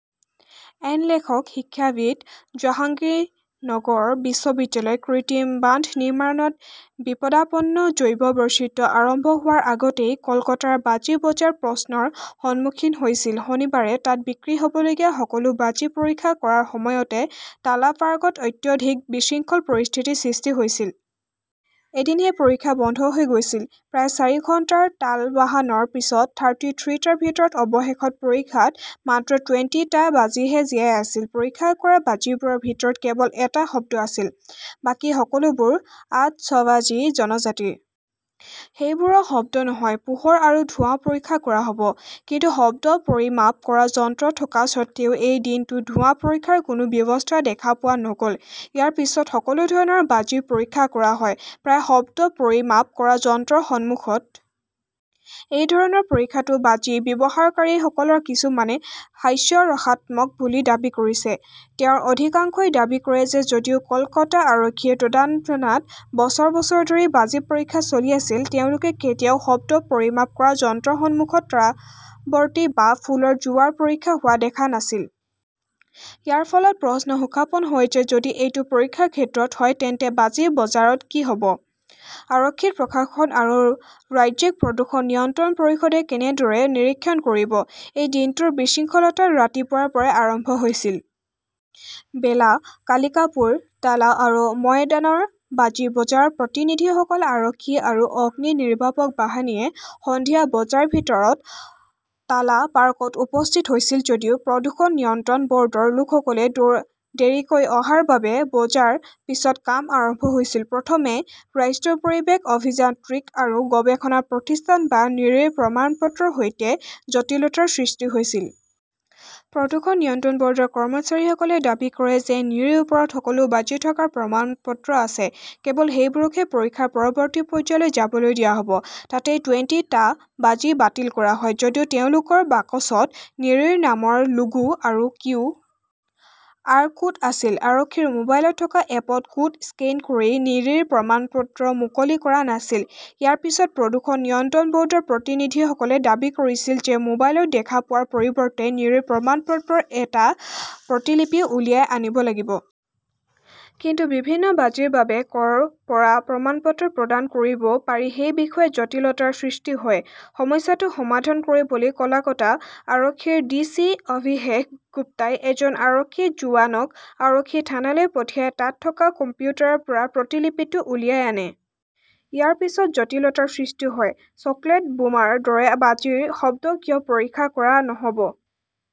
N লেখক শিক্ষাবিদ, জাহাংগীৰনগৰ বিশ্ববিদ্যালয়। কৃত্ৰিম বান্ধ নিৰ্মাণত বিপদাপন্ন জৈৱ বৈচিত্ৰ্য আৰম্ভ হোৱাৰ আগতেই কলকাতাৰ বাজি বজাৰ প্ৰশ্নৰ সন্মুখীন হৈছিল। শনিবাৰে তাত বিক্ৰী হʼবলগীয়া সকলো বাজি পৰীক্ষা কৰাৰ সময়তে টালা পাৰ্কত অত্যাধিক বিশৃংখল পৰিস্থিতিৰ সৃষ্টি হৈছিল। এদিন সেই পৰীক্ষা বন্ধ হৈ গৈছিল। প্ৰায় চাৰি ঘণ্টাৰ তালবাহনাৰ পিছত থাৰ্টি থ্ৰী টাৰ ভিতৰত অৱশেষত পৰীক্ষাত মাত্ৰ টুয়েণ্টি টা বাজিহে জীয়াই আছিল। পৰীক্ষা কৰা বাজিবোৰৰ ভিতৰত কেৱল এটা শব্দ আছিল। বাকী সকলোবোৰ আতচবাজী জনজাতিৰ। সেইবোৰৰ শব্দ নহয়, পোহৰ আৰু ধোঁৱা পৰীক্ষা কৰা হ 'ব। কিন্তু শব্দ পৰিমাপ কৰা যন্ত্ৰ থকা স্বত্বেও, এই দিনটোত ধোঁৱা পৰীক্ষাৰ কোনো ব্যৱস্থা দেখা পোৱা নগʼল! ইয়াৰ পিছত সকলো ধৰণৰ বাজি পৰীক্ষা কৰা হয়, প্ৰায় শব্দ পৰিমাপ কৰা যন্ত্ৰৰ সন্মুখত! এই ধৰণৰ পৰীক্ষাটো বাজি ব্যৱহাৰকাৰীসকলৰ কিছুমানে হাস্যৰসাত্মক বুলি দাবী কৰিছে। তেওঁৰ অধিকাংশই দাবী কৰে যে যদিও কলকাতা আৰক্ষীৰ তত্বাৱধানত বছৰ বছৰ ধৰি বাজি পৰীক্ষা চলি আছিল, তেওঁলোকে কেতিয়াও শব্দ পৰিমাপ কৰা যন্ত্ৰৰ সন্মুখত তৰাৱতী বা ফুলৰ জোৱাৰ পৰীক্ষা হোৱা দেখা নাছিল। ইয়াৰ ফলত প্ৰশ্ন হোত্থাপন হয় যে যদি এইটো পৰীক্ষাৰ ক্ষেত্ৰত হয়, তেন্তে বাজি বজাৰত কি হ 'ব? আৰক্ষী-প্ৰশাসন আৰু ৰাজ্যিক প্ৰদূষণ নিয়ন্ত্ৰণ পৰিষদে কেনেদৰে নিৰীক্ষণ কৰিব? এই দিনটোৰ বিশৃংখলতা ৰাতিপুৱাৰ পৰাই আৰম্ভ হৈছিল। বেলা, কালিকাপুৰ, টালা আৰু ময়দানৰ বাজি বজাৰৰ প্ৰতিনিধিসকল, আৰক্ষী আৰু অগ্নিনিৰ্বাপক বাহিনীয়ে সন্ধিয়া বজাৰ ভিতৰত টালা পাৰ্কত উপস্থিত হৈছিল যদিও প্ৰদূষণ নিয়ন্ত্ৰণ বʼৰ্ডৰ লোকসকলে দেৰিকৈ অহাৰ বাবে বজাৰ পিছত কাম আৰম্ভ হৈছিল। প্ৰথমে ৰাষ্ট্ৰীয় পৰিৱেশ অভিযান্ত্ৰিক আৰু গৱেষণা প্ৰতিষ্ঠান বা নিৰীৰ প্ৰমাণপত্ৰৰ সৈতে জটিলতাৰ সৃষ্টি হৈছিল। প্ৰদূষণ নিয়ন্ত্ৰণ বৰ্ডৰ কৰ্মচাৰীসকলে দাবী কৰে যে নিৰীৰ ওপৰত সকলো বাজি থকাৰ প্ৰমাণপত্ৰ আছে, কেৱল সেইবোৰকহে পৰীক্ষাৰ পৰৱৰ্তী পৰ্যায়লৈ যাবলৈ দিয়া হব। তাতেই টুয়েণ্টি টা বাজি বাতিল কৰা হয়। যদিও তেওঁলোকৰ বাকচত নিৰীৰ নামৰ লোগো আৰু কিউ. আৰ. কোড আছিল, আৰক্ষীৰ মোবাইলত থকা এপত কোড স্কেন কৰি নিৰীৰ প্ৰমাণপত্ৰ মুকলি কৰা নাছিল। ইয়াৰ পিছত প্ৰদূষণ নিয়ন্ত্ৰণ বʼৰ্ডৰ প্ৰতিনিধিসকলে দাবী কৰিছিল যে মোবাইলত দেখা পোৱাৰ পৰিৱৰ্তে নিৰীৰ প্ৰমাণপত্ৰৰ এটা প্ৰতিলিপিও উলিয়াই আনিব লাগিব। কিন্তু বিভিন্ন বাজিৰ বাবে কʼৰ পৰা প্ৰমাণপত্ৰ প্ৰদান কৰিব পাৰি সেই বিষয়ে জটিলতাৰ সৃষ্টি হয়। সমস্যাটো সমাধান কৰিবলৈ কলকাতা আৰক্ষীৰ ডি. চি. অভিষেক গুপ্তাই এজন আৰক্ষী জোৱানক আৰক্ষী থানালৈ পঠিয়াই তাত থকা কম্পিউটাৰৰ পৰা প্ৰতিলিপিটো উলিয়াই আনে। ইয়াৰ পিছত জটিলতাৰ সৃষ্টি হয়, চকলেট বোমাৰ দৰে বাজিৰ শব্দ কিয় পৰীক্ষা কৰা নহ 'ব।